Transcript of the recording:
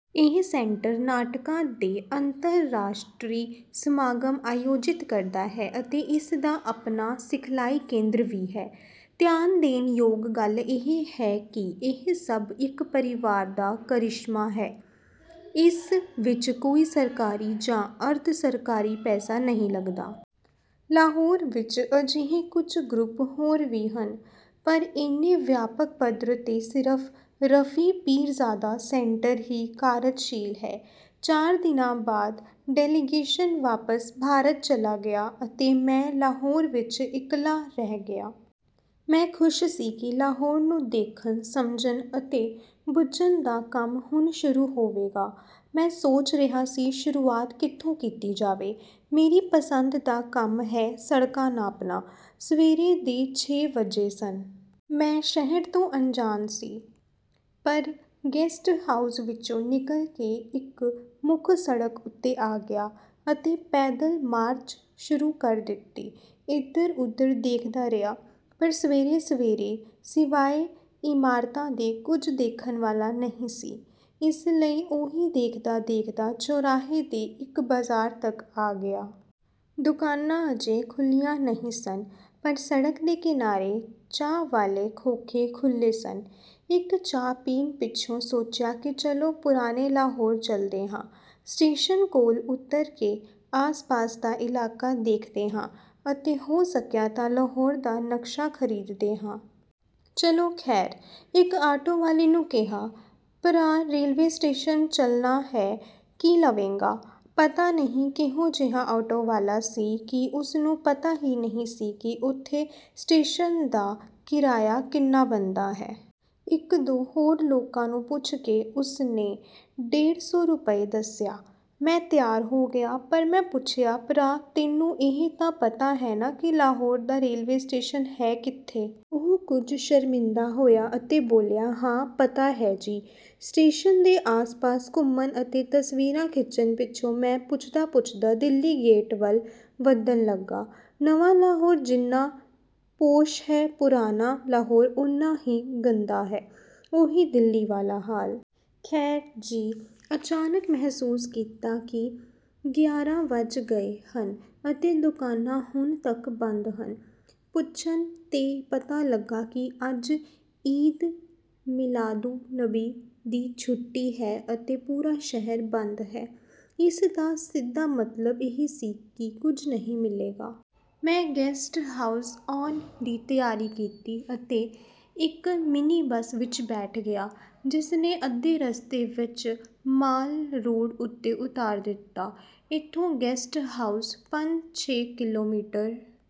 ਇਹ ਸੈਂਟਰ, ਨਾਟਕਾਂ ਦੇ ਅੰਤਰਰਾਸ਼ਟਰੀ ਸਮਾਗਮ ਆਯੋਜਿਤ ਕਰਦਾ ਹੈ ਅਤੇ ਇਸ ਦਾ ਆਪਣਾ ਸਿਖਲਾਈ ਕੇਂਦਰ ਵੀ ਹੈ। ਧਿਆਨ ਦੇਣ ਯੋਗ ਗੱਲ ਇਹ ਹੈ ਕਿ ਇਹ ਸਭ ਇੱਕ ਪਰਿਵਾਰ ਦਾ ਕਰਿਸ਼ਮਾ ਹੈ। ਇਸ ਵਿੱਚ ਕੋਈ ਸਰਕਾਰੀ ਜਾਂ ਅਰਧ-ਸਰਕਾਰੀ ਪੈਸਾ ਨਹੀਂ ਲੱਗਦਾ। ਲਾਹੌਰ ਵਿੱਚ ਅਜਿਹੇ ਕੁਝ ਗਰੁੱਪ ਹੋਰ ਵੀ ਹਨ, ਪਰ ਇੰਨੇ ਵਿਆਪਕ ਪੱਧਰ 'ਤੇ ਸਿਰਫ਼ 'ਰਫ਼ੀ ਪੀਰਜ਼ਾਦਾ ਸੈਂਟਰ' ਹੀ ਕਾਰਜਸ਼ੀਲ ਹੈ। ਚਾਰ ਦਿਨਾਂ ਬਾਅਦ ਡੈਲੀਗੇਸ਼ਨ ਵਾਪਸ ਭਾਰਤ ਚਲਾ ਗਿਆ ਅਤੇ ਮੈਂ ਲਾਹੌਰ ਵਿੱਚ ਇਕੱਲਾ ਰਹਿ ਗਿਆ। ਮੈਂ ਖ਼ੁਸ਼ ਸੀ ਕਿ ਲਾਹੌਰ ਨੂੰ ਦੇਖਣ, ਸਮਝਣ ਅਤੇ ਬੁੱਝਣ ਦਾ ਕੰਮ ਹੁਣ ਸ਼ੁਰੂ ਹੋਵੇਗਾ। ਮੈਂ ਸੋਚ ਰਿਹਾ ਸੀ, "ਸ਼ੁਰੂਆਤ ਕਿੱਥੋਂ ਕੀਤੀ ਜਾਵੇ?" ਮੇਰੀ ਪਸੰਦ ਦਾ ਕੰਮ ਹੈ—ਸੜਕਾਂ ਨਾਪਣਾ। ਸਵੇਰ ਦੇ ਛੇ ਵੱਜੇ ਸਨ। ਮੈਂ ਸ਼ਹਿਰ ਤੋਂ ਅਣਜਾਣ ਸੀ, ਪਰ ਗੈਸਟ ਹਾਊਸ ਵਿੱਚੋਂ ਨਿਕਲ ਕੇ ਇੱਕ ਮੁੱਖ ਸੜਕ ਉੱਤੇ ਆ ਗਿਆ ਅਤੇ ਪੈਦਲ ਮਾਰਚ ਸ਼ੁਰੂ ਕਰ ਦਿੱਤੀ। ਇੱਧਰ-ਉੱਧਰ ਦੇਖਦਾ ਰਿਹਾ, ਪਰ ਸਵੇਰੇ-ਸਵੇਰੇ ਸਿਵਾਏ ਇਮਾਰਤਾਂ ਦੇ ਕੁਝ ਦੇਖਣ ਵਾਲਾ ਨਹੀਂ ਸੀ, ਇਸ ਲਈ ਉਹੀ ਦੇਖਦਾ-ਦੇਖਦਾ ਚੌਰਾਹੇ ਦੇ ਇੱਕ ਬਾਜ਼ਾਰ ਤੱਕ ਆ ਗਿਆ। ਦੁਕਾਨਾਂ ਅਜੇ ਖੁੱਲ੍ਹੀਆਂ ਨਹੀਂ ਸਨ, ਪਰ ਸੜਕ ਦੇ ਕਿਨਾਰੇ ਚਾਹ ਵਾਲੇ ਖੋਖੇ ਖੁੱਲ੍ਹੇ ਸਨ। ਇੱਕ ਚਾਹ ਪੀਣ ਪਿੱਛੋਂ ਸੋਚਿਆ ਕਿ ਚਲੋ ਪੁਰਾਣੇ ਲਾਹੌਰ ਚੱਲਦੇ ਹਾਂ, ਸਟੇਸ਼ਨ ਕੋਲ ਉੱਤਰ ਕੇ ਆਸ-ਪਾਸ ਦਾ ਇਲਾਕਾ ਦੇਖਦੇ ਹਾਂ ਅਤੇ ਹੋ ਸਕਿਆ ਤਾਂ ਲਾਹੌਰ ਦਾ ਨਕਸ਼ਾ ਖ਼ਰੀਦਦੇ ਹਾਂ। ਚਲੋ ਖ਼ੈਰ, ਇੱਕ ਆਟੋ ਵਾਲੇ ਨੂੰ ਕਿਹਾ, "ਭਰਾ, ਰੇਲਵੇ ਸਟੇਸ਼ਨ ਚੱਲਣਾ ਹੈ, ਕੀ ਲਵੇਂਗਾ?" ਪਤਾ ਨਹੀਂ ਕਿਹੋ-ਜਿਹਾ ਆਟੋ ਵਾਲਾ ਸੀ ਕਿ ਉਸ ਨੂੰ ਪਤਾ ਹੀ ਨਹੀਂ ਸੀ ਕਿ ਉੱਥੋਂ ਸਟੇਸ਼ਨ ਦਾ ਕਿਰਾਇਆ ਕਿੰਨਾ ਬਣਦਾ ਹੈ! ਇੱਕ-ਦੋ ਹੋਰ ਲੋਕਾਂ ਨੂੰ ਪੁੱਛ ਕੇ ਉਸ ਨੇ ਡੇਢ ਸੌ ਰੁਪਏ ਦੱਸਿਆ। ਮੈਂ ਤਿਆਰ ਹੋ ਗਿਆ, ਪਰ ਮੈਂ ਪੁੱਛਿਆ, "ਭਰਾ, ਤੈਨੂੰ ਇਹ ਤਾਂ ਪਤਾ ਹੈ ਨਾ ਕਿ ਲਾਹੌਰ ਦਾ ਰੇਲਵੇ ਸਟੇਸ਼ਨ ਹੈ ਕਿੱਥੇ?" ਉਹ ਕੁਝ ਸ਼ਰਮਿੰਦਾ ਹੋਇਆ ਅਤੇ ਬੋਲਿਆ, "ਹਾਂ, ਪਤਾ ਹੈ ਜੀ।" ਸਟੇਸ਼ਨ ਦੇ ਆਸ-ਪਾਸ ਘੁੰਮਣ ਅਤੇ ਤਸਵੀਰਾਂ ਖਿੱਚਣ ਪਿੱਛੋਂ ਮੈਂ ਪੁੱਛਦਾ-ਪੁੱਛਦਾ ਦਿੱਲੀ ਗੇਟ ਵੱਲ ਵਧਣ ਲੱਗਾ। ਨਵਾਂ ਲਾਹੌਰ ਜਿੰਨਾ ਪੌਸ਼ ਹੈ, ਪੁਰਾਣਾ ਲਾਹੌਰ ਉੱਨਾ ਹੀ ਗੰਦਾ ਹੈ—ਉਹੀ ਦਿੱਲੀ ਵਾਲਾ ਹਾਲ! ਖ਼ੈਰ ਜੀ, ਅਚਾਨਕ ਮਹਿਸੂਸ ਕੀਤਾ ਕਿ ਗਿਆਰਾਂ ਵੱਜ ਗਏ ਹਨ ਅਤੇ ਦੁਕਾਨਾਂ ਹੁਣ ਤੱਕ ਬੰਦ ਹਨ। ਪੁੱਛਣ 'ਤੇ ਪਤਾ ਲੱਗਾ ਕਿ ਅੱਜ 'ਈਦ ਮਿਲਾਦੁਨਬੀ' ਦੀ ਛੁੱਟੀ ਹੈ ਅਤੇ ਪੂਰਾ ਸ਼ਹਿਰ ਬੰਦ ਹੈ। ਇਸ ਦਾ ਸਿੱਧਾ ਮਤਲਬ ਇਹ ਸੀ ਕਿ ਕੁਝ ਨਹੀਂ ਮਿਲੇਗਾ। ਮੈਂ ਗੈਸਟ ਹਾਊਸ ਆਉਣ ਦੀ ਤਿਆਰੀ ਕੀਤੀ ਅਤੇ ਇੱਕ ਮਿਨੀ ਬੱਸ ਵਿੱਚ ਬੈਠ ਗਿਆ, ਜਿਸ ਨੇ ਅੱਧੇ ਰਸਤੇ ਵਿੱਚ ਮਾਲ ਰੋਡ ਉੱਤੇ ਉਤਾਰ ਦਿੱਤਾ। ਇੱਥੋਂ ਗੈਸਟ ਹਾਊਸ ਪੰਜ-ਛੇ ਕਿਲੋਮੀਟਰ